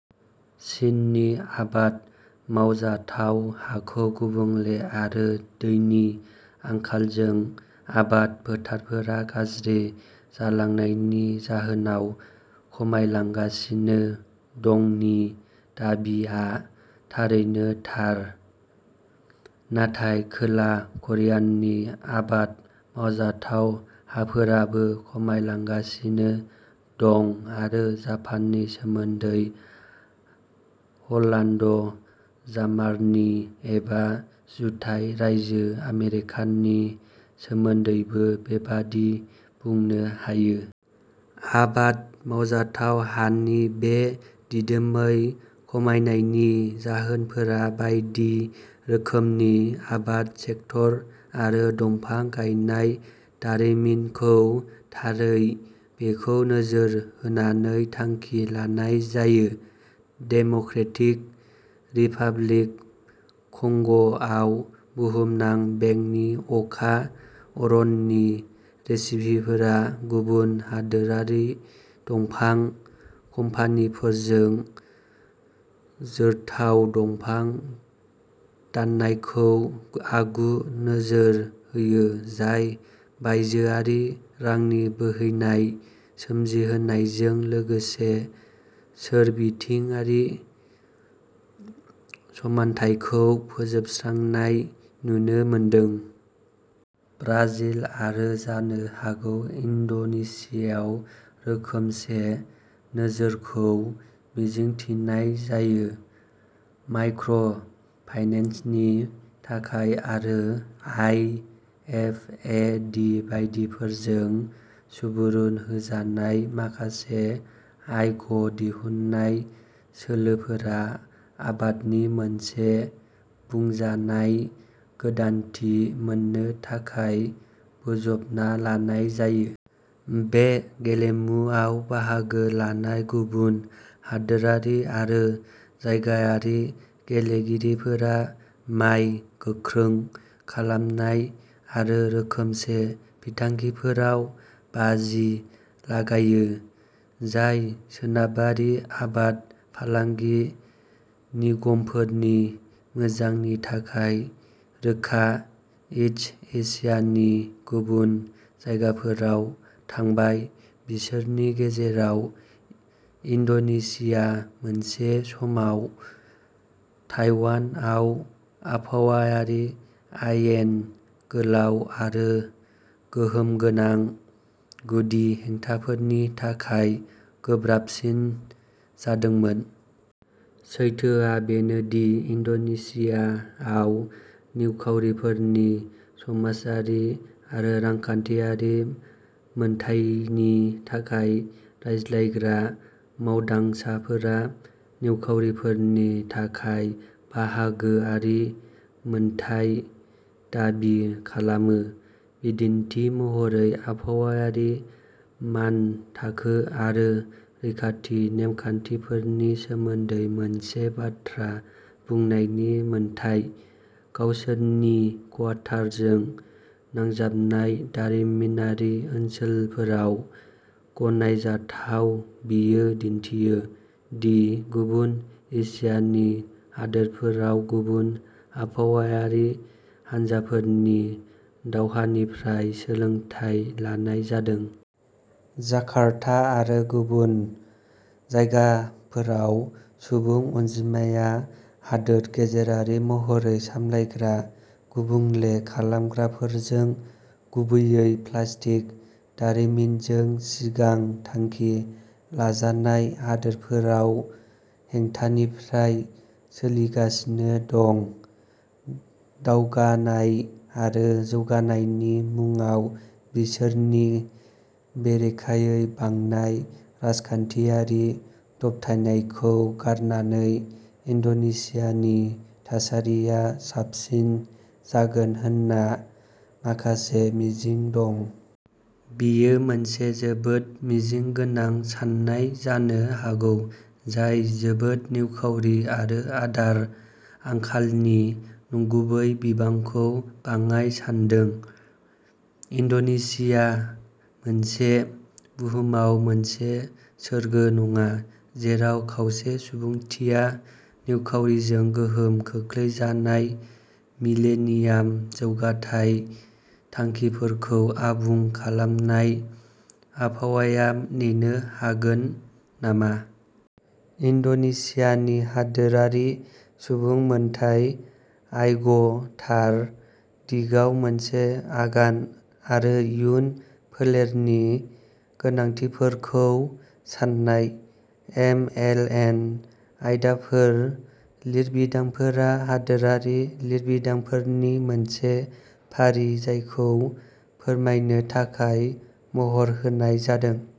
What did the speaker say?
चीननि आबाद मावजाथाव हाखौ गुबुंले आरो दैनि आंखालजों आबाद फोथारफोरा गाज्रि जालांनायनि जाहोनाव खमायलांगासिनो दंनि दाबिआ थारैनो थार। नाथाय खोला करियानि आबाद मावजाथाव हाफोराबो खमायलांगासिनो दं। आरो जापाननि सोमोन्दै, हलान्द, जार्मानि एबा जुथाइ रायजो आमेरिकानि सोमोन्दैबो बेबादि बुंनो हायो। आबाद मावजाथाव हानि बे दिदोमै खमायनायनि जाहोनफोरा बायदि रोखोमनि। आबाद सेक्टर आरो दंफां गायनाय दारिमिनखौ थारै बेखौ नोजोर होनानै थांखि लानाय जायो। डेम'क्रेटिक रिपाब्लिक कंग'आव, बुहुमनां बेंकनि अखा अरननि रेसिपिफोरा गुबुन हादोरारि दंफां कम्पानिफोरजों जोरथाव दंफां दाननायखौ आगु नोजोर होयो, जाय बायजोआरि रांनि बोहैनाय सोमजिहोनायजों लोगोसे सोरबिथिंआरि समानथायखौ फोजोबस्रांनाय नुनो मोनदों। ब्राजिल आरो जानो हागौ, इन्ड'नेसियाव, रोखोमसे नोजोरखौ मिजिंथिनाय जायो। माइक्र' फाइनेन्सनि थाखाय आरो आइ एफ ए दि बायदिफोरजों सुबुरुन होजानाय माखासे आय'ग दिहुन्नाय सोलोफोरा आबादनि मोनसे बुंजानाय गोदानथि मोन्नो थाखाय बोजबना लानाय जायो। बे गेलेमुआव बाहागो लानाय गुबुन हादोरारि आरो जायगायारि गेलेगिरिफोरा माय गोख्रों खालामनाय आरो रोखोमसे बिथांखिफोराव बाजि लागायो, जाय सोनाबारि आबाद फालांगि निगमफोरनि मोजांनि थाखाय रोखा। इस्ट एसियानि गुबुन जायगाफोराव थांबाय, बिसोरनि गेजेराव इन्ड'नेशिया, मोनसे समाव ताइवानआव आबहावायारि आयेन गोलाव आरो गोहोमगोनां गुदि हेंथाफोरनि थाखाय गोब्राबसिन जादोंमोन। सैथोआ बेनोदि इन्ड'नेशियाआव निखावरिफोरनि समाजारि आरो रांखान्थियारि मोनथायनि थाखाय रायज्लायग्रा मावदांसाफोरा निखावरिफोरनि थाखाय बाहागोआरि मोन्थाइ दाबि खालामो, बिदिन्थि महरै आबहावायारि मानथाखो आरो रैखाथि नेमखान्थिफोरनि सोमोनदै मोनसे बाथ्रा बुंनायनि मोन्थाइ। गावसोरनि क्वार्टारजों नांजाबनाय दारिमिनारि ओनसोलफोराव गनायजाथाव, बेयो दिन्थियो दि गुबुन एसियानि हादोरफोराव गुबुन आबहावायारि हानजाफोरनि दावहानिफ्राय सोलोंथाय लानाय जादों। जाकार्ता आरो गुबुन जायगाफोराव सुबुं अनजिमाया हादोर गेजेरारि महरै सामलायग्रा गुबुंले खालामग्राफोरजों, गुबैयै प्लास्टिक दारिमिनजों सिगां थांखि लाजानाय हादोरफोराव हेंथानिफ्राय सोलोंगासिनो दं। दावगानाय आरो जौगानायनि मुंआव बिसोरनि बेरेखायै बांनाय राजखान्थियारि दबथायनायखौ गारनानै, इन्ड'नेसियानि थासारिया साबसिन जागोन होनना माखासे मिजिं दं। बेयो मोनसे जोबोद मिजिं गोनां सान्नाय जानो हागौ, जाय जोबोद निखावरि आरो आदार आंखालनि नंगुबै बिबांखौ बाङाइ सान्दों। इन्ड'नेसिया मोनसे बुहुमाव मोनसे सोरगो नङा जेराव खावसे सुबुंथिया निखावरिजों गोहोम खोख्लैजानाय। मिलेनियाम जौगाथाय थांखिफोरखौ आबुं खालामनायः आबहावाया नेनो हागोन नामा? इन्ड'नेसियानि हादोरारि सुबुं मोनथाय आय'गः थार दिगाव मोनसे आगान? आरो इयुन फोलेरनि गोनांथिफोरखौ सान्नाय। एमएलएन आयदाफोर लिरबिदांफोरा हादोरारि लिरबिदांफोरनि मोनसे फारि जायखौ फोरमायनो थाखाय महर होनाय जादों।